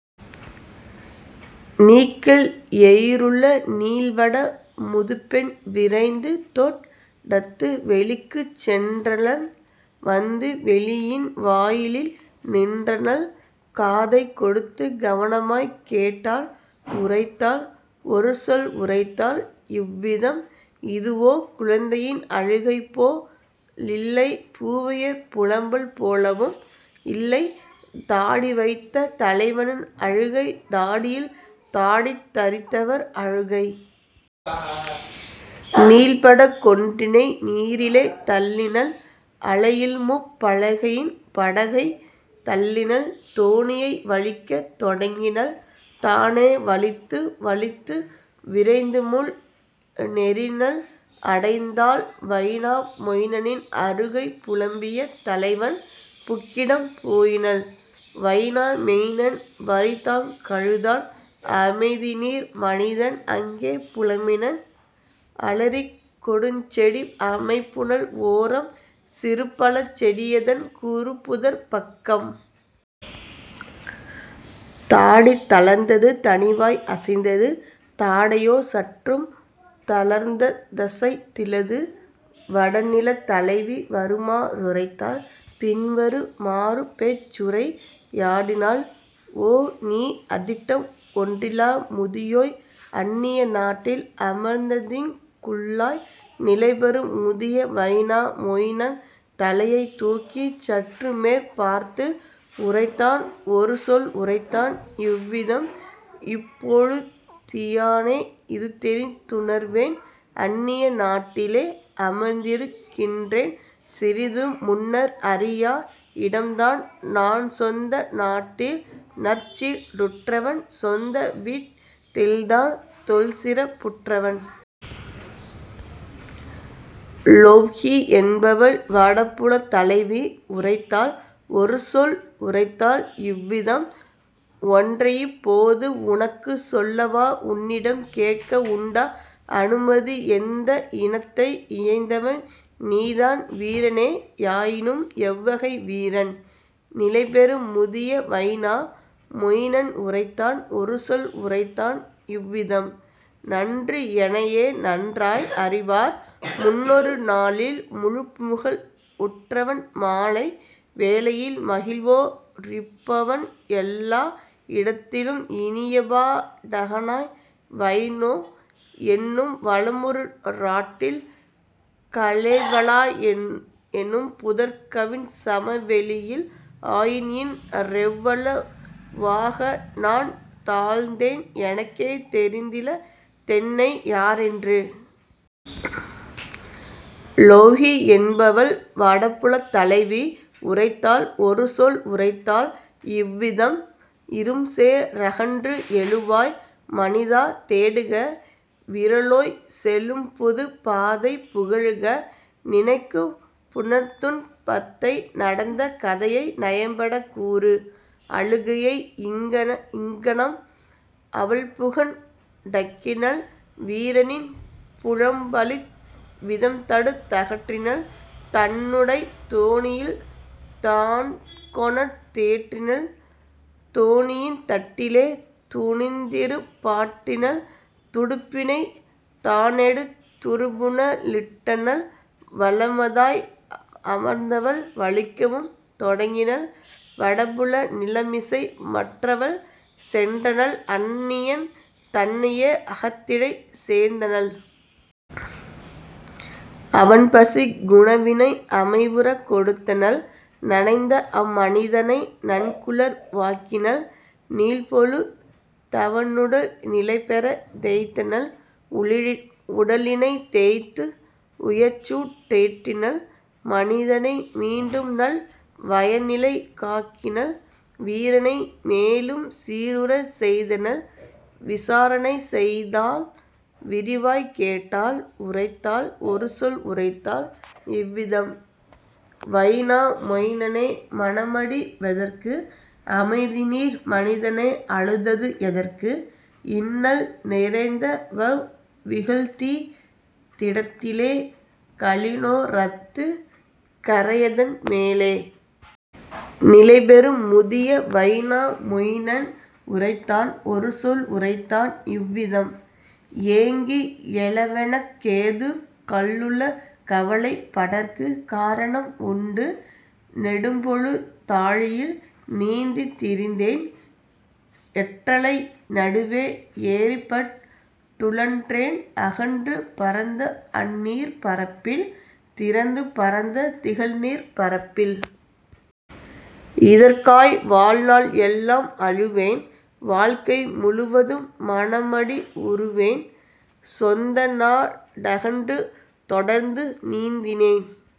நீக்கல் எயிறுள நீள்வட முதுபெண் விரைந்துதோட் Datuk வெளிக்குச் சென்றனள் வந்து வெலியின் வாயிலில் நின்றனள்; காதைக் கொடுத்துக் கவனமாய்க் கேட்டாள் உரைத்தாள் ஒருசொல் உரைத்தாள் இவ்விதம்: "இதுவோ குழந்தையின் அழுகைபோ லில்லை பூவையர் புலம்பல் போலவும் இல்லை தாடி வைத்த தலைவனின் அழுகை தாடையில் தாடி தரித்தவர் அழுகை. " நீள்பட கொன்றினை நீரிலே தள்ளினள் அலையில்முப் பலகையின் படகைத் தள்ளினள் தோணியை வலிக்கத் தொடங்கினள் தானே வலித்து வலித்து விரைந்துமுன் னேறினள் அடைந்தாள் வைனா மொயினனின் அருகை புலம்பிய தலைவன் புக்கிடம் போயினள். வைனா மெயினன் வறிதாங் கழுதான் அமைதிநீர் மனிதன் அங்கே புலம்பினன் அலரிக் கொடுஞ்செடி அமைபுனல் ஓரம் சிறுபழச் செடியதன் குறுபுதர்ப் பக்கம். தாடி தளர்ந்தது தனிவாய் அசைந்தது தாடையோ சற்றும் தளர்ந்தசைந் திலது. வடநிலத் தலைவி வருமா றுரைத்தாள்: பின்வரு மாறுபேச் சுரை யாடினாள்: "ஓ, நீ, அதிட்டம் ஒன்றிலா முதியோய்! அன்னிய நாட்டில் அமர்ந்தீங் குள்ளாய். " நிலைபெறும் முதிய வைனா மொயினன் தலையை தூக்கிச் சற்றுமேற் பார்த்து உரைத்தான் ஒருசொல் உரைத்தான் இவ்விதம்: "இப்போழு தியானே இதுதெரிந் துணர்வேன் அன்னிய நாட்டிலே அமர்ந்திருக் கின்றேன் சிறிதும் முன்னர் அறியா இடம்தான் நான்சொந்த நாட்டில் நற்சீ ருற்றவன் சொந்தவீட் டில்நான் தொல்சிறப் புற்றவன். " லொவ்ஹி என்பவள் வடபுலத் தலைவி உரைத்தாள் ஒருசொல் உரைத்தாள் இவ்விதம்: "ஒன்றையிப் போது உனக்குச் சொல்லவா உன்னிடம் கேட்க உண்டா அனுமதி எந்த இனத்தை இயைந்தவன் நீதான் வீரனே யாயினும் எவ்வகை வீரன்? " நிலைபெறும் முதிய வைனா மொயினன்உரைத்தான் ஒருசொல் உரைத்தான் இவ்விதம்: "நன்று, எனையே நன்றாய் அறிவார், முன்னொரு நாளில் முழுப்புகழ் உற்றவன் மாலை வேளையில் மகிழ்வோ டிருப்பவன் எல்லா இடத்திலும் இனியபா டகனாய் வைனோ என்னும் வளமுறு றாட்டில் கலேவலா எனும்புதர்க் கவின்சம வெளியில் ஆயின்இன் றெவ்வள வாகநான் தாழ்ந்தேன் எனக்கே தெரிந்தில தென்னை யாரென்று. " லொவ்ஹி என்பவள் வடபுலத் தலைவி உரைத்தாள் ஒருசொல் உரைத்தாள் இவ்விதம்: "இரும்சே றகன்று எழுவாய் மனிதா தேடுக விறலோய் செழும்புதுப் பாதை புகலுக நினக்குப் புணர்துன் பத்தை நடந்த கதையை நயம்படக் கூறு. " அழுகையை இங்ஙனம் அவள்புகன் றடக்கினள் வீரனின் புலம்பலிவ் விதம்தடுத் தகற்றினள் தன்னுடைத் தோணியில் தான்கொணர்ந் தேற்றினள் தோணியின் தட்டிலே துணிந்திருப் பாட்டினள் துடுப்பினைத் தானெடுத் துறுபுன லிட்டனள் வளமதாய் அமர்ந்தவள் வலிக்கவும் தொடங்கினள் வடபுல நிலமிசை மற்றவள் சென்றனள் அன்னியன் தன்னையே அகத்திடைச் சேர்த்தனள். அவன்பசிக் குணவினை அமைவுறக் கொடுத்தனள் நனைந்த அம்மனிதனை நன்குலர் வாக்கினள் நீள்பொழு தவனுடல் நிலைபெறத் தேய்த்தனள் உடலினைத் தேய்த்து உயர்சூ டேற்றினள் மனிதனை மீண்டும்நல் வயநிலைக் காக்கினள் வீரனை மேலும் சீருறச் செய்தனள் விசாரணை செய்தாள் விரிவாய்க் கேட்டாள் உரைத்தாள் ஒருசொல் உரைத்தாள் இவ்விதம்: "வைனா மொயினனே மனமடி வெதற்கு அமைதிநீர் மனிதனே அழுதது எதற்கு இன்னல் நிறைந்தவவ் விகல்தீ திடத்திலே கடலினோ ரத்துக் கரையதன் மேலே? " நிலைபெறும் முதிய வைனா மொயினன் உரைத்தான் ஒருசொல் உரைத்தான் இவ்விதம்: "ஏங்கி யழவெனக் கேதுக் கள்ளுள கவலைப் படற்குக் காரணம் உண்டு நெடும்பொழு தாழியில் நீந்தித் திரிந்தேன் எற்றலை நடுவே எறிபட் டுழன்றேன் அகன்று பரந்த அந்நீர்ப் பரப்பில் திறந்து பரந்த திகழ்நீர்ப் பரப்பில். இதற்காய் வாழ்நாள் எல்லாம் அழுவேன் வாழ்க்கை முழுவதும் மனமடி வுறுவேன் சொந்தநா டகன்று தொடர்ந்து நீந்தினேன்